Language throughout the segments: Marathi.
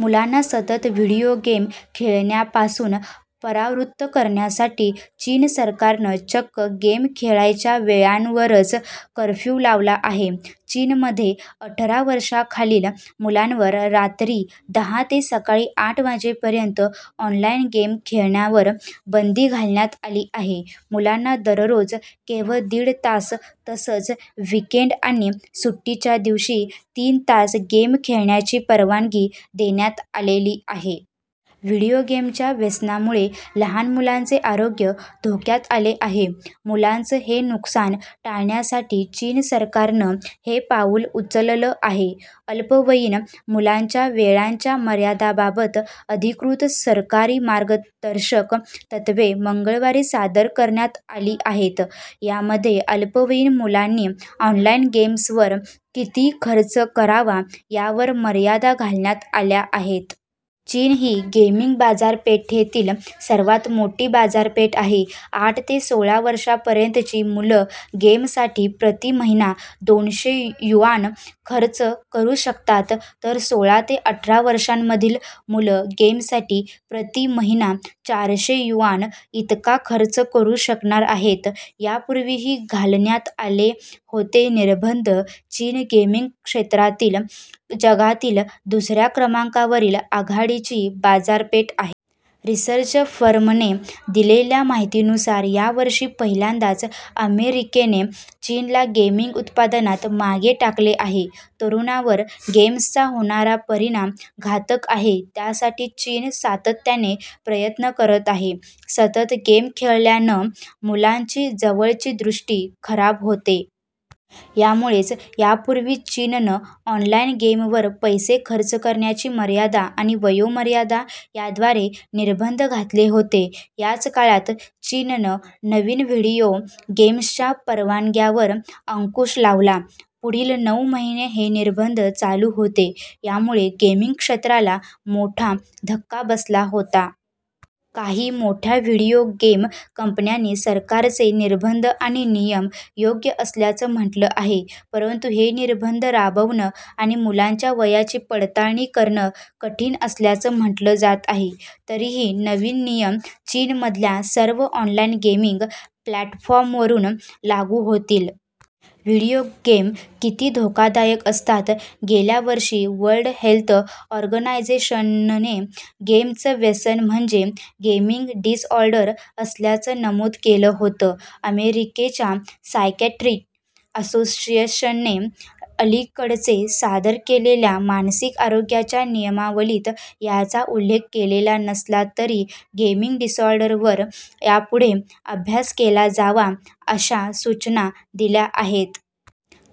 मुलांना सतत व्हीडिओ गेम खेळण्यापासून परावृत्त करण्यासाठी चीन सरकारनं चक्क गेम खेळायच्या वेळांवरच कर्फ्यू लावला आहे. चीनमध्ये अठरा वर्षांखालील मुलांवर रात्री दहा ते सकाळी आठ वाजेपर्यंत ऑनलाइन गेम खेळण्यावर बंदी घालण्यात आली आहे मुलांना दररोज केवळ दीड तास तसंच वीकेंड आणि सुट्टीच्या दिवशी तीन तास गेम खेळण्याची परवानगी देण्यात आलेली आहे. व्हीडिओ गेमच्या व्यसनामुळे लहान मुलांचे आरोग्य धोक्यात आले आहे. मुलांचं हे नुकसान टाळण्यासाठी चीन सरकारनं हे पाऊल उचललं आहे. अल्पवयीन मुलांच्या वेळांच्या मर्यादाबाबत अधिकृत सरकारी मार्गदर्शक तत्त्वे मंगळवारी सादर करण्यात आली आहेत. यामध्ये अल्पवयीन मुलांनी ऑनलाइन गेम्सवर किती खर्च करावा यावर मर्यादा घालण्यात आल्या आहेत. चीन ही गेमिंग बाजारपेठेतील सर्वात मोठी बाजारपेठ आहे. आठ ते सोळा वर्षांपर्यंतची मुलं गेमसाठी प्रति महिना दोनशे युआन खर्च करू शकतात, तर सोळा ते अठरा वर्षांमधली मुलं गेमसाठी प्रति महिना चारशे युआन इतका खर्च करू शकणार आहेत यापूर्वीही घालण्यात आले होते निर्बंध चीन गेमिंग क्षेत्रातील जगातील दुसऱ्या क्रमांकावरील आघाडीची बाजारपेठ आहे. रिसर्च फर्मने दिलेल्या माहितीनुसार या वर्षी पहिल्यांदाच अमेरिकेने चीनला गेमिंग उत्पादनात मागे टाकले आहे. तरुणांवर गेम्सचा होणारा परिणाम घातक आहे त्यासाठी चीन सातत्यानं प्रयत्न करत आहे. सतत गेम खेळल्यानं मुलांची जवळची दृष्टी खराब होते. यामुळेच यापूर्वी चीननं ऑनलाइन गेमवर पैसे खर्च करण्याची मर्यादा आणि वयोमर्यादा याद्वारे निर्बंध घातले होते. याच काळात चीननं नवीन व्हिडिओ गेम्सच्या परवानग्यांवर अंकुश लावला. पुढील नऊ महिने हे निर्बंध चालू होते. यामुळे गेमिंग क्षेत्राला मोठा धक्का बसला होता. काही मोठ्या व्हीडिओ गेम कंपन्यांनी सरकारचे निर्बंध आणि नियम योग्य असल्याचं म्हटलं आहे. परंतु हे निर्बंध राबवणं आणि मुलांच्या वयाची पडताळणी करणं कठीण असल्याचं म्हटलं जात आहे. तरीही नवीन नियम चीनमधल्या सर्व ऑनलाइन गेमिंग प्लॅटफॉर्मवरून लागू होतील. व्हीडिओ गेम किती धोकादायक असतात? गेल्या वर्षी वर्ल्ड हेल्थ ऑर्गनायझेशनने गेमचं व्यसन म्हणजे गेमिंग डिसऑर्डर असल्याचं नमूद केलं होतं. अमेरिकेच्या सायकिएट्री असोसिएशनने अलिकडेच सादर केलेल्या मानसिक आरोग्याच्या नियमावलीत याचा उल्लेख केलेला नसला, तरी गेमिंग डिसॉर्डरवर यापुढे अभ्यास केला जावा अशा सूचना दिल्या आहेत.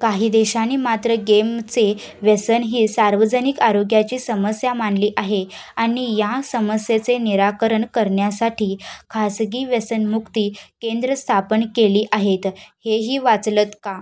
काही देशांनी मात्र गेमचे व्यसन ही सार्वजनिक आरोग्याची समस्या मानली आहे आणि या समस्येचे निराकरण करण्यासाठी खासगी व्यसनमुक्ती केंद्र स्थापन केली आहेत. हेही वाचलंत का?